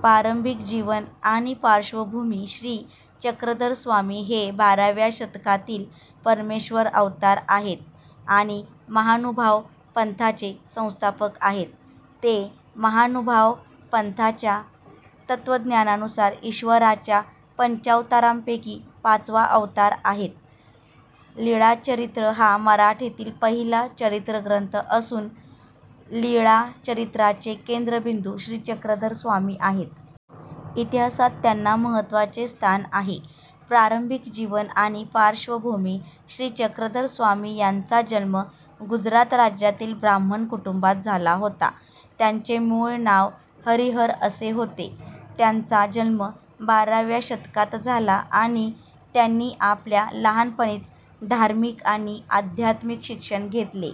प्रारंभिक जीवन आणि पार्श्वभूमी श्री चक्रधर स्वामी हे बाराव्या शतकातील परमेश्वर अवतार आहेत आणि महानुभाव पंथाचे संस्थापक आहेत. ते महानुभाव पंथाच्या तत्त्वज्ञानानुसार ईश्वराच्या पंचावतारांपैकी पाचवा अवतार आहेत. लीळाचरित्र हा मराठीतील पहिला चरित्रग्रंथ असून, लीळाचरित्राचे केंद्रबिंदू श्री चक्रधर स्वामी आहेत. इतिहासात त्यांना महत्त्वाचे स्थान आहे. प्रारंभिक जीवन आणि पार्श्वभूमी श्री चक्रधर स्वामी यांचा जन्म गुजरात राज्यातील ब्राह्मण कुटुंबात झाला होता. त्यांचे मूळ नाव हरिहर असे होते. त्यांचा जन्म बाराव्या शतकात झाला आणि त्यांनी आपल्या लहानपणीच धार्मिक आणि आध्यात्मिक शिक्षण घेतले.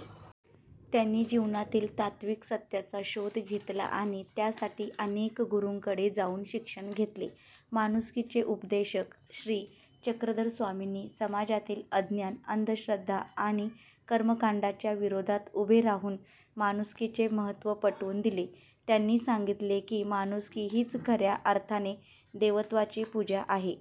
त्यांनी जीवनातील तात्त्विक सत्याचा शोध घेतला आणि त्यासाठी अनेक गुरूंकडे जाऊन शिक्षण घेतले. माणुसकीचे उपदेशक श्री चक्रधर स्वामींनी समाजातील अज्ञान, अंधश्रद्धा आणि कर्मकांडांच्या विरोधात उभे राहून माणुसकीचे महत्त्व पटवून दिले. त्यांनी सांगितले की, माणुसकी हीच खऱ्या अर्थाने देवत्वाची पूजा आहे.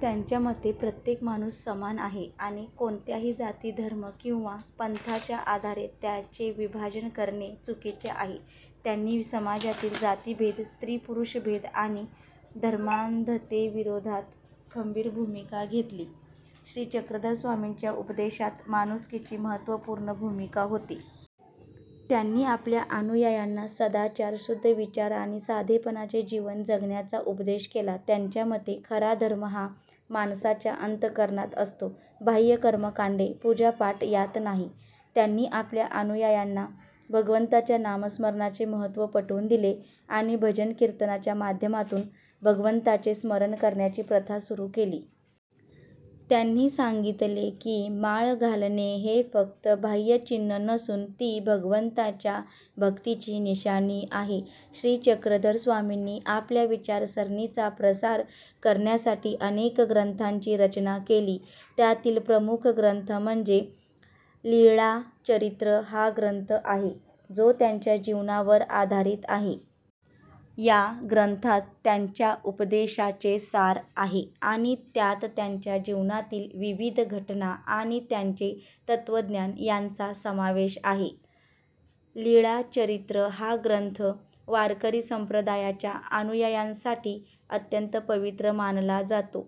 त्यांच्या मते, प्रत्येक माणूस समान आहे आणि कोणत्याही जाती, धर्म किंवा पंथाच्या आधारे त्याचे विभाजन करणे चुकीचे आहे. त्यांनी समाजातील जातीभेद, स्त्री-पुरुष भेद आणि धर्मांधतेविरोधात खंबीर भूमिका घेतली. श्री चक्रधर स्वामींच्या उपदेशात माणुसकीची महत्त्वपूर्ण भूमिका होती. त्यांनी आपल्या अनुयायांना सदाचार, शुद्ध विचार आणि साधेपणाचे जीवन जगण्याचा उपदेश केला. त्यांच्या मते, खरा धर्म हा माणसाच्या अंतःकरणात असतो, बाह्य कर्मकांडे, पूजा-पाठ यांत नाही. त्यांनी आपल्या अनुयायांना भगवंताच्या नामस्मरणाचे महत्त्व पटवून दिले आणि भजन-कीर्तनाच्या माध्यमातून भगवंताचे स्मरण करण्याची प्रथा सुरू केली. त्यांनी सांगितले की, माळ घालणे हे फक्त बाह्य चिन्ह नसून, ती भगवंताच्या भक्तीची निशाणी आहे. श्री चक्रधर स्वामींनी आपल्या विचारसरणीचा प्रसार करण्यासाठी अनेक ग्रंथांची रचना केली. त्यातील प्रमुख ग्रंथ म्हणजे लीळाचरित्र हा ग्रंथ आहे, जो त्यांच्या जीवनावर आधारित आहे. या ग्रंथात त्यांच्या उपदेशांचे सार आहे आणि त्यात त्यांच्या जीवनातील विविध घटना आणि त्यांचे तत्त्वज्ञान यांचा समावेश आहे. लीळाचरित्र हा ग्रंथ वारकरी संप्रदायाच्या अनुयायांसाठी अत्यंत पवित्र मानला जातो.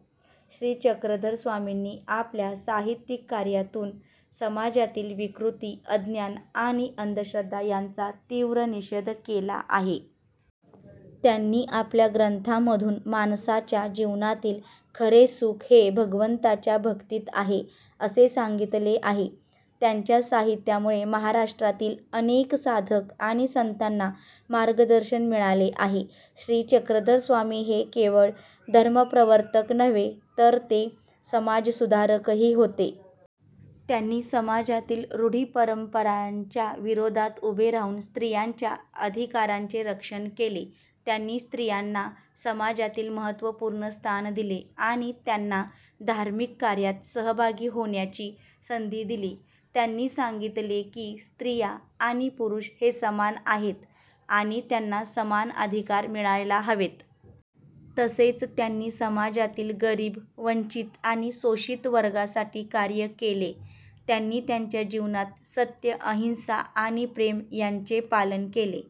श्री चक्रधर स्वामींनी आपल्या साहित्यिक कार्यातून समाजातील विकृती, अज्ञान आणि अंधश्रद्धा यांचा तीव्र निषेध केला आहे. त्यांनी आपल्या ग्रंथांमधून माणसाच्या जीवनातील खरे सुख हे भगवंताच्या भक्तीत आहे, असे सांगितले आहे. त्यांच्या साहित्यामुळे महाराष्ट्रातील अनेक साधक आणि संतांना मार्गदर्शन मिळाले आहे. श्री चक्रधर स्वामी हे केवळ धर्मप्रवर्तक नव्हते, तर ते समाजसुधारकही होते. त्यांनी समाजातील रूढी-परंपरांच्या विरोधात उभे राहून स्त्रियांच्या अधिकारांचे रक्षण केले. त्यांनी स्त्रियांना समाजातील महत्त्वपूर्ण स्थान दिले आणि त्यांना धार्मिक कार्यात सहभागी होण्याची संधी दिली. त्यांनी सांगितले की, स्त्रिया आणि पुरुष हे समान आहेत आणि त्यांना समान अधिकार मिळायला हवेत. तसेच, त्यांनी समाजातील गरीब, वंचित आणि शोषित वर्गासाठी कार्य केले. त्यांनी त्यांच्या जीवनात सत्य, अहिंसा आणि प्रेम यांचे पालन केले.